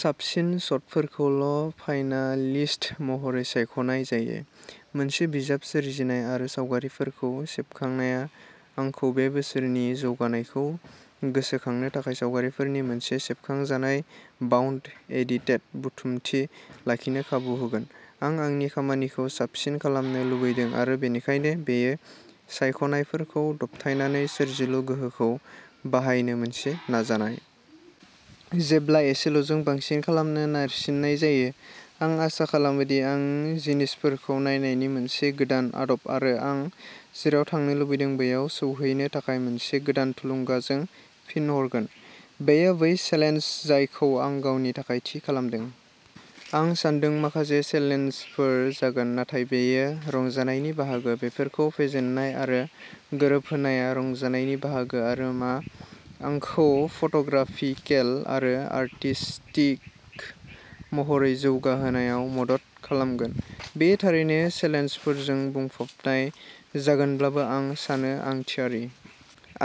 साबसिन शटफोरखौल' फाइनालिस्ट महरै सायख'नाय जायो। मोनसे बिजाब सोरजिनाय आरो सावगारिफोरखौ सेबखांनाया आंखौ बे बोसोरनि जौगानायखौ गोसोखांनो थाखाय सावगारिफोरनि मोनसे सेबखांजानाय बाउन्ड एडिटेड बुथुमथि लाखिनो खाबु होगोन। आं आंनि खामानिखौ साबसिन खालामनो लुबैदों आरो बेनिखायनो बेयो सायख'नायफोरखौ दबथायनानै सोरजिलु गोहोखौ बाहायनो मोनसे नाजानाय। जेब्ला एसेल'जों बांसिन खालामनो नारसिननाय जायो। आं आसा खालामो दि आं जिनिसफोरखौ नायनायनि मोनसे गोदान आदब आरो आं जेराव थांनो लुबैदों बैयाव सौहैनो थाखाय मोनसे गोदान थुलुंगाजों फिन हरगोन। बेयो बै चेलेन्ज जायखौ आं गावनि थाखाय थि खालामदों। आं सान्दों माखासे चेलेन्जफोर जागोन। नाथाय बेयो रंजानायनि बाहागो। बेफोरखौ फेजेननाय आरो गोरोबहोनाया रंजानायनि बाहागो आरो मा आंखौ फट'ग्राफिकेल आरो आर्टिस्टिक महरै जौगाहोनायाव मदद खालामगोन। बेयो थारैनो चेलेन्जफोरजों बुंफबनाय जागोनब्लाबो आं सानो आं थियारि।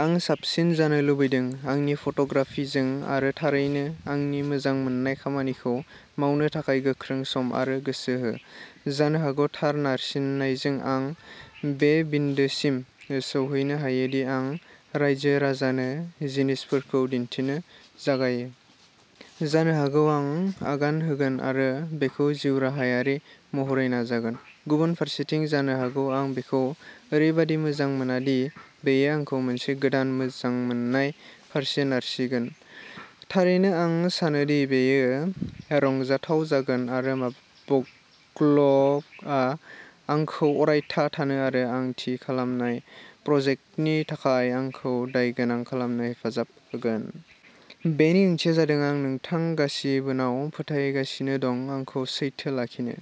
आं साबसिन जानो लुबैदों। आंनि फट'ग्राफिजों आरो थारैनो आंनि मोजां मोननाय खामानिखौ मावनो थाखाय गोख्रों सम आरो गोसो हो। जानो हागौ थार नारसिननायजों आं बे बिन्दोसिम सौहैनो हायो दि आं रायजो-राजानो जिनिसफोरखौ दिन्थिनो जागायो। जानो हागौ आं आगान होगोन आरो बेखौ जिउराहायारि महरै नाजागोन। गुबुन फारसेथिं जानो हागौ आं बेखौ ओरैबादि मोजां मोना दि बेयो आंखौ मोनसे गोदान मोजांमोननाय फारसे नारसिगोन। थारैनो आं सानो दि बेयो रंजाथाव जागोन आरो ब्ल'गआ आंखौ अरायथा थानो आरो आं थि खालामनाय प्रजेक्टनि थाखाय आंखौ दायगोनां खालामनो हेफाजाब होगोन। बेनि ओंथिया जादों आं नोंथां गासिबोनाव फोथायगासिनो दं आंखौ सैथो लाखिनो!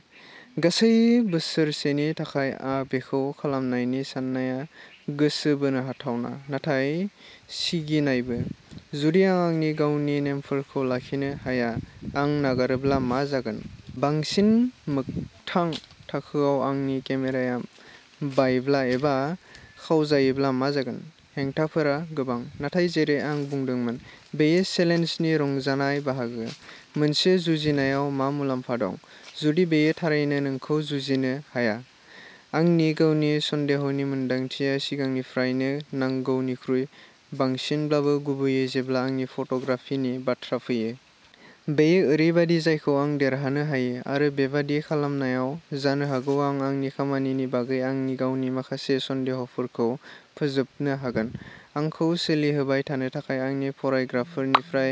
गासै बोसोरसेनि थाखाय आ बेखौ खालामनायनि साननाया गोसो बोनो हाथावना। नाथाय सिगिनायबो। जुदि आं आंनि गावनि नेमफोरखौ लाखिनो हाया? आं नागारोब्ला मा जागोन? बांसिन मोगथां थाखोआव आंनि केमेराया बायब्ला एबा खावजायोब्ला मा जागोन? हेंथाफोरा गोबां। नाथाय जेरै आं बुंदोंमोन, बेयो चेलेन्जनि रंजानाय बाहागो। मोनसे जुजिनायाव मा मुलाम्फा दं। जुदि बेयो थारैनो नोंखौ जुजिनो हाया? आंनि गावनि सन्देहनि मोनदांथिया सिगांनिफ्रायनो नांगौनिख्रुइ बांसिनब्लाबो गुबैयै जेब्ला आंनि फट'ग्राफिनि बाथ्रा फैयो। बेयो ओरैबायदि जायखौ आं देरहानो हायो। आरो बेबादि खालामनायाव जानो हागौ आं आंनि खामानिनि बागै आंनि गावनि माखासे सन्देहफोरखौ फोजोबनो हागोन। आंखौ सोलिहोबाय थानो थाखाय आंनि फरायग्राफोरनिफ्राय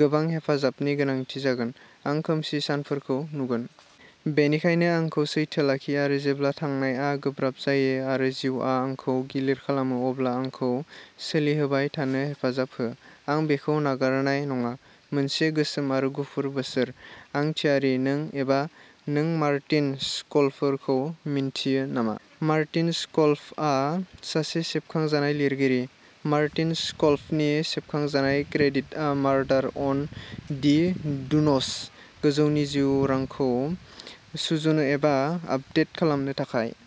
गोबां हेफाजाबनि गोनांथि जागोन। आं खोमसि सानफोरखौ नुगोन। बेनिखायनो आंखौ सैथो लाखि आरो जेब्ला थांनायआ गोब्राब जायो आरो जिउआ आंखौ गिलिर खालामो अब्ला आंखौ सोलिहोबाय थानो हेफाजाब हो। आं बेखौ नागारनाय नङा। मोनसे गोसोम आरो गुफुर बोसोर। आं थियारि नों एबा नों मार्टिन सक'लफखौ मिन्थियो नामा? मार्टिन सक’लफआ सासे सेबखांजानाय लिरगिरि। मार्टिन सक'लफनि सेबखांजानाय क्रेडिटआ मार्डार अन दि डुनस। गोजौनि जिउरांखौ सुजुनो एबा आपदेट खालामनो थाखाय।